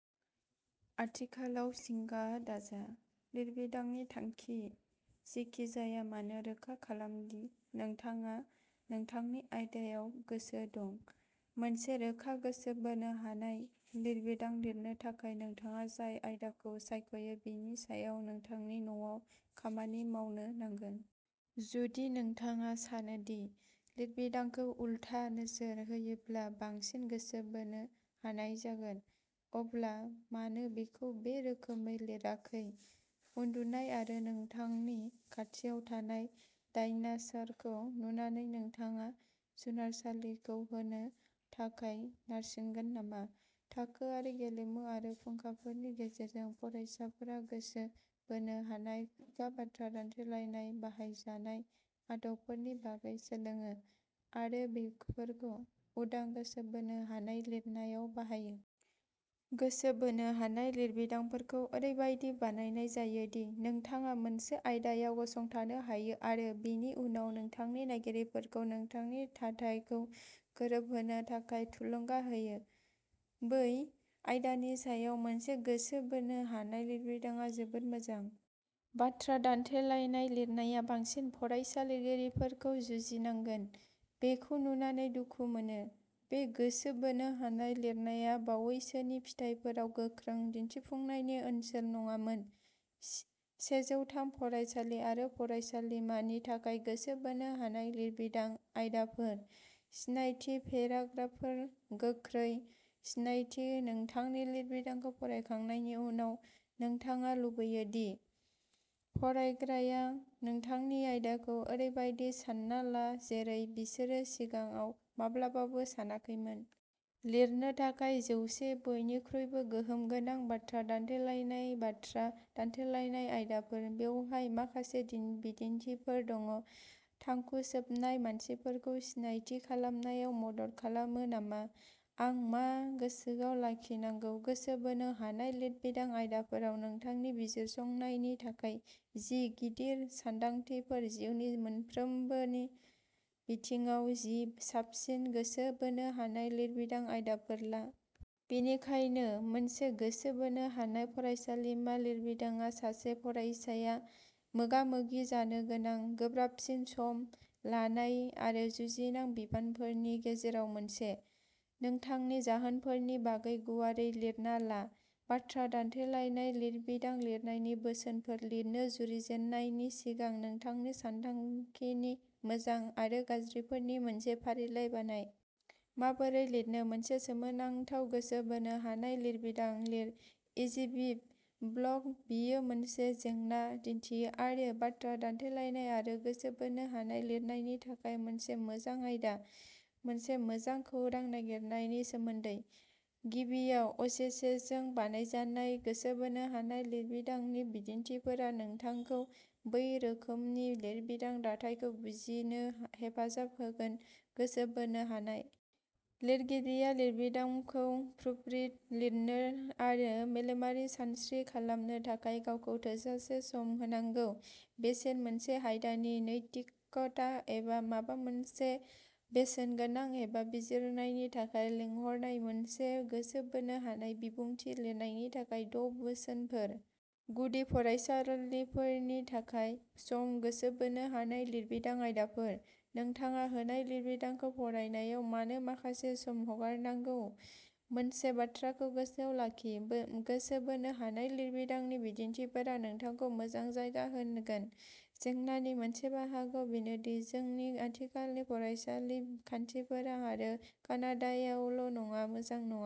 आथिखालाव जिंगा दाजा। लिरबिदांनि थांखि जेखि जाया मानो रोखा खालाम दि नोंथाङा नोंथांनि आयदायाव गोसो दं। मोनसे रोखा गोसो बोनो हानाय लिरबिदां लिरनो थाखाय नोंथाङा जाय आयदाखौ सायख'यो बेनि सायाव नोंथांनि न'आव खामानि मावनो नांगोन। जुदि नोंथाङा सानो दि लिरबिदांखौ उलथा नोजोर होयोब्ला बांसिन गोसो बोनो हानाय जागोन अब्ला मानो बेखौ बे रोखोमै लिराखै? उन्दुनाय आरो नोंथांनि खाथियाव थानाय डायनास'रखौ नुनानै नोंथाङा जुनारसालिखौ होनो थाखाय नारसिगोन नामा? थाखोआरि गेलेमु आरो फुंखाफोरनि गेजेरजों फरायसाफ्रा गोसो बोनो हानाय खुगा बाथ्रा दान्थेलायनायाव बाहायजानाय आदबफोरनि बागै सोलोङो आरो बेफोरखौ उदां गोसो बोनो हानाय लिरनायाव बाहायो। गोसो बोनो हानाय लिरबिदांफोरखौ ओरैबायदि बानायनाय जायो दि नोंथाङा मोनसे आयदायाव गसंथानो हायो आरो बेनि उनाव नोंथांनि नायगिरिफोरखौ नोंथांनि थाथायजों गोरोबहोनो थाखाय थुलुंगा होयो। बै आयदानि सायाव मोनसे गोसो बोनो हानाय लिरबिदांआ जोबोद मोजां। बाथ्रा दान्थेलायनाय लिरनाया बांसिन फरायसा लिरगिरिफोरखौ जुजिनांगोन। बेखौ नुनानै दुखु मोनो। बे गोसो बोनो हानाय लिरनाया बायैसोनि फिथायफोराव गोख्रों दिन्थिफुंनायनि ओनसोल नङामोन। सेजौ थाम फरायसालि आरो फरायसालिमानि थाखाय गोसो बोनो हानाय लिरबिदां आयदाफोर, सिनायथि पेराग्राफफोर, गोख्रों सिनायथि नोंथांनि लिरबिदांखौ फरायखांनायनि उनाव नोंथाङा लुबैयो दि फरायग्राया नोंथांनि आयदाखौ ओरैबायदि सानना ला जेरै बिसोर सिगाङाव माब्लाबाबो सानाखैमोन। लिरनो थाखाय जौसे बयनिख्रुइबो गोहोम गोनां बाथ्रा दान्थेलायनाय बाथ्रा दान्थेलायनाय आयदाफोर। बेवहाय माखासे बिदिन्थिफोर दङ। थांखु सोबनाया मानसिफोरखौ सिनायथि खालामनायाव मदद खालामो नामा? आं मा गोसोआव लाखिनांगौ। गोसो बोनो हानाय लिरबिदां आयदाफोराव नोंथांनि बिजिरसंनायनि थाखाय जि गिदिर सानदांथिफोर जिउनि मोनफ्रोमबोनि बिथिङाव जि साबसिन गोसो बोनो हानाय लिरबिदां आयदाफोर ला। बेनिखायनो मोनसे गोसो बोनो हानाय फरायसालिमा लिरबिदांआ सासे फरायसाया मोगा-मोगि जानो गोनां गोब्राबसिन सम लानाय आरो जुजिनां बिबानफोरनि गेजेराव मोनसे। नोंथांनि जाहोनफोरनि बागै गुवारै लिरना ला। बाथ्रा दान्थेलायनाय लिरबिदां लिरनायनि बोसोनफोर लिरनो जुरिजेननायनि सिगां नोंथांनि सानथांखिनि मोजां आरो गाज्रिफोरनि मोनसे फारिलाइ बानाय। माबोरै लिरनो? मोनसे सोमोनांथाव गोसो बोनो हानाय लिरबिदां लिर इजिबिब ब्लग। बेयो मोनसे जेंना दिन्थियो आरो बाथ्रा दान्थेलायनाय आरो गोसो बोनो हानाय लिरनायनि थाखाय मोनसे मोजां आयदा। मोनसे मोजां खौरां नागिरनायनि सोमोन्दै? गिबियाव अजेसेजों बानायजानाय गोसो बोनो हानाय लिरबिदांनि बिदिन्थिफोरा नोंथांखौ बै रोखोमनि लिरबिदांनि दाथायखौ बुजिनो हेफाजाब होगोन गोसो बोनो हानाय। लिरगिरिया लिरबिदांखौ प्रुफरिड लिरनो आरो मेलेमारि सानस्रि खालामनो थाखाय गावखौ थोजासे सम होनांगौ। बेसेन मोनसे आयदानि नैतिकता एबा माबा मोनसे बेसेन गोनां एबा बिजिरनायनि थाखाय लेंहरनाय। मोनसे गोसो बोनो हानाय बिबुंथि लिरनायनि थाखाय द’ बोसोनफोर। गुदि फरायसाफोरनि थाखाय सम गोसो बोनो हानाय लिरबिदां आयदाफोर। नोंथाङा होनाय लिरबिदांखौ फरायनायाव मानो माखासे सम हगारनांगौ? मोनसे बाथ्राखौ गोसोआव लाखि गोसो बोनो हानाय लिरबिदांनि बिदिन्थिफोरा नोंथांखौ मोजां जायगा होगोन। जेंनानि मोनसे बाहागोआ बेनोदि जोंनि आथिखालनि फरायसालि खान्थिफोरा आरो कानाडायावल' नङा मोजां नङा।